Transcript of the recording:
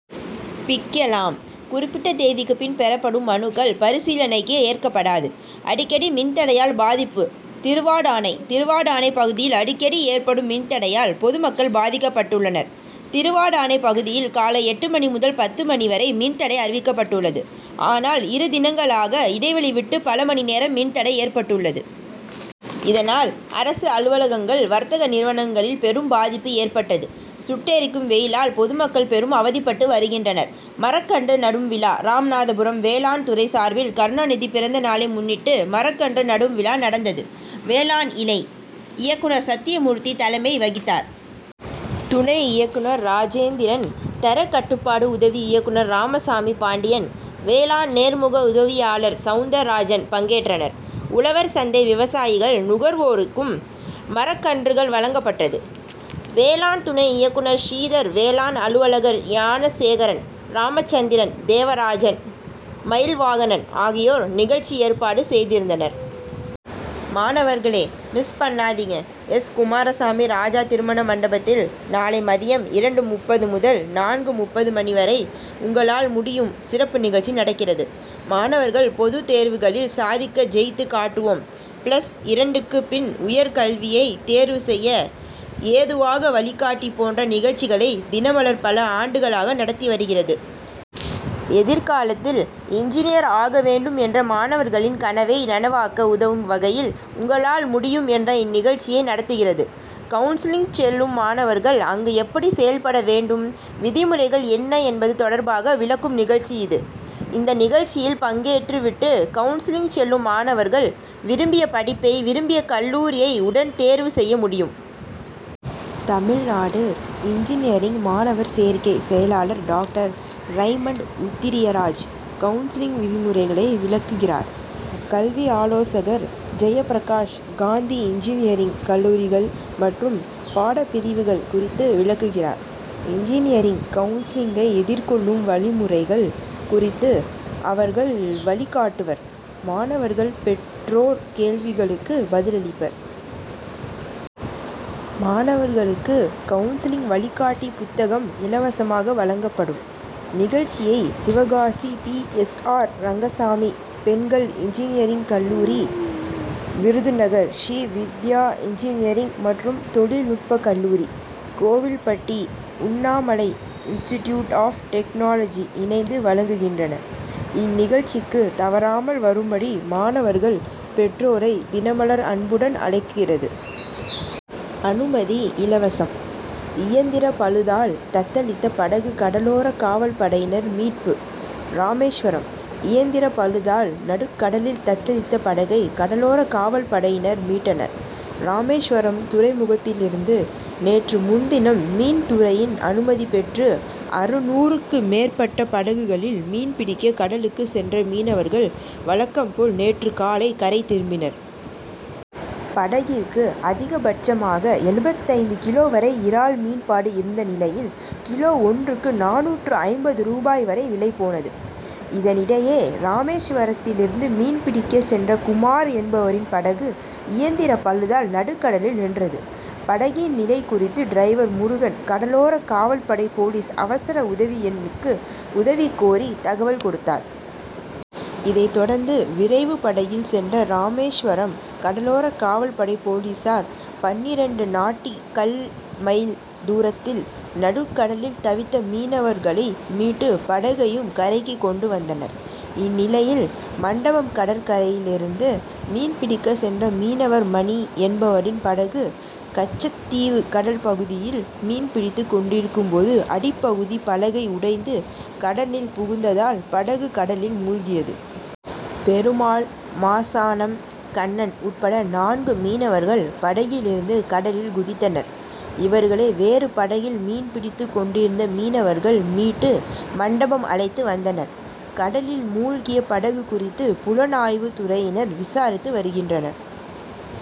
பிக்கலாம். குறிப்பிட்ட தேதிக்கு பின் பெறப்படும் மனுக்கள் பரிசீலணைக்கு ஏற்கப்படாது. அடிக்கடி மின்தடையால் பாதிப்பு திருவாடானை: திருவாடானை பகுதியில் அடிக்கடி ஏற்படும் மின்தடையால் பொதுமக்கள் பாதிக்கபட்டுள்ளனர். திருவாடானை பகுதியில் காலை எட்டு மணி முதல் பத்து மணி வரை மின்தடை அறிவிக்கபட்டுள்ளது. ஆனால் இரு தினங்களாக இடைவெளி விட்டு பல மணி நேரம் மின்தடை ஏற்பட்டுள்ளது. இதனால் அரசு அலுவலகங்கள், வர்த்தக நிறுவனங்களில் பெரும் பாதிப்பு ஏற்பட்டது. சுட்டெரிக்கு வெயிலால் பொதுமக்கள் பெரும் அவதிபட்டு வருகின்றனர். மரக்கன்று நடும்விழா ராமநாதபுரம்: வேளாண் துறை சார்பில் கருணாநிதி பிறந்த நாளை முன்னிட்டு மரக்கன்று நடும் விழா நடந்தது. வேளாண் இணை இயக்குனர் சத்தியமூர்த்தி தலைமை வகித்தார். துணை இயக்குனர் ராஜேந்திரன் தரக் கட்டுபாடு உதவி இயக்குனர் ராமசாமி பாண்டியன், வேளாண் நேர்முக உதவியாளர் சவுந்தராஜன் பங்கேற்றனர். உழவர் சந்தை விவசாயிகள், நுகர் வோருக்கும் மரக்கன்றுகள் வழங்கப்பட்டது. வேளாண் துணை இயக்குனர் ஸ்ரீதர், வேளாண் அலுவலர்கள் ஞானசேகரன், ராமசந்திரன், தேவராஜன், மயில்வாகனன் ஆகியோர் நிகழ்ச்சி ஏற்பாடு செய்திருந்தனர். மாணவர்களே மிஸ் பண்ணாதீங்க! எஸ். குமாரசாமி ராஜா திருமண மண்டபத்தில் நாளை மதியம் இரண்டு.முப்பது முதல் நான்கு.முப்பது மணி வரை உங்களால் முடியும் சிறப்பு நிகழ்ச்சி நடக்கிறது. மாணவர்கள் பொதுதேர்வுகளில் சாதிக்க ஜெயித்து காட்டுவோம்,'பிளஸ் இரண்டுக்கு பின் உயர் கல்வியை தேர்வு செய்ய ஏதுவாக வழிகாட்டி போன்ற நிகழ்ச்சிகளை தினமலர் பல ஆண்டுகளாக நடத்தி வருகிறது. எதிர்காலத்தில் இன்ஜினியர் ஆக வேண்டும் என்ற மாணவர்களின் கனவை நனவாக்க உதவும் வகையில் உங்களால் முடியும்' என்ற இந்நிகழ்ச்சியை நடத்துகிறது. கவுன்சிலிங் செல்லும் மாணவர்கள் அங்கு எப்படி செயல்பட வேண்டும், விதிமுறைகள் என்ன என்பது தொடர்பாக விளக்கும் நிகழ்ச்சி இது. இந்த நிகழ்ச்சியில் பங்கேற்று விட்டு கவுன்சிலிங் செல்லும் மாணவர்கள் விரும்பிய படிப்பை, விரும்பிய கல்லூரியை உடன் தேர்வு செய்ய முடியும். தமிழ்நாடு இன்ஜினியரிங் மாணவர் சேர்க்கை செயலாளர் டாக்டர் றைமண்ட் உத்திரியராஜ் கவுன்சிலிங் விதிமுறைகளை விளக்குகிறார். கல்வி ஆலோசகர் ஜெயப்பிரகாஷ் காந்தி இன்ஜினியரிங் கல்லூரிகள் மற்றும் பாடப்பிரிவுகள் குறித்து விளக்குகிறார். இன்ஜினியரிங் கவுன்சிலிங்கை எதிர்கொள்ளும் வழிமுறைகள் குறித்து அவர்கள் வழிகாட்டுவர். மாணவர்கள், பெற் றோர் கேள்விகளுக்கு பதிலளிப்பர். மாணவர்களுக்கு கவுன்சிலிங் வழிகாட்டி புத்தகம் இலவசமாக வழங்கப் படும். நிகழ்ச்சியை Sivakasi P. S. R. Rengasamy பெண்கள் இன்ஜினியரிங் கல்லூரி, விருதுநகர் ஸ்ரீ வித்யா இன்ஜினியரிங் மற்றும் தொழில் நுட்ப கல்லூரி, Kovilpatti Unnamalai institute of technology இணைந்து வழங்குகின்றன. இந்நிகழ்ச்சிக்கு தவறாமல் வரும்படி மாணவர்கள், பெற்றோரை தினமலர் அன்புடன் அழைக் கிறது. அனுமதி இலவசம். இயந்திர பழுதால் தத்தளித்த படகு கடலோர காவல்படையினர் மீட்பு ராமேஸ்வரம்: இயந்திர பழுதால் நடுக்கடலில் தத்தளித்த படகை கடலோர காவல்படையினர் மீட்டனர். ராமேஸ்வரம் துறைமுகத்திலிருந்து நேற்று முன்தினம் மீன்துறையின் அனுமதி பெற்று அறுநூறுக்கு மேற்பட்ட படகுகளில் மீன்பிடிக்க கடலுக்கு சென்ற மீனவர்கள், வழக்கம் போல் நேற்று காலை கரை திரும்பினர். படகிற்கு அதிகபட்சமாக எழுபத்தைந்து கிலோ வரை இறால் மீன்பாடு இருந்த நிலையில் கிலோ ஒன்றுக்கு நானூற்று ஐம்பது ரூபாய் வரை விலை போனது. இதனிடையே, ராமேஸ்வரத்திலிருந்து மீன்பிடிக்க சென்ற குமார் என்பவரின் படகு இயந்திர பழுதால் நடுக்கடலில் நின்றது. படகின் நிலை குறித்து டிரைவர் முருகன், கடலோர காவல்படை போலீஸ் அவசர உதவி எண் க்கு உதவி கோரி தகவல் கொடுத்தார். இதை தொடர்ந்து விரைவு படகில் சென்ற ராமேஸ்வரம் கடலோர காவல்படை போலீசார், பன்னிரண்டு நாட்டிகல் மைல் தூரத்தில் நடுக்கடலில் தவித்த மீனவர்களை மீட்டு படகையும் கரைக்கு கொண்டு வந்தனர். இந்நிலையில், மண்டபம் கடற்கரையிலிருந்து மீன்பிடிக்க சென்ற மீனவர் மணி என்பவரின் படகு கச்சத்தீவு கடல் பகுதியில் மீன்பிடித்து கொண்டிருக்கும்போது, அடிப்பகுதி பலகை உடைந்து கடல் நீர் புகுந்ததால், படகு கடலில் மூழ்கியது. பெருமாள், மாசானம், கண்ணன் உட்பட நான்கு மீனவர்கள் படகிலிருந்து கடலில் குதித்தனர். இவர்களை வேறு படகில் மீன்பிடித்து கொண்டிருந்த மீனவர்கள் மீட்டு மண்டபம் அழைத்து வந்தனர். கடலில் மூழ்கிய படகு குறித்து புலனாய்வு துறையினர் விசாரித்து வருகின்றனர்.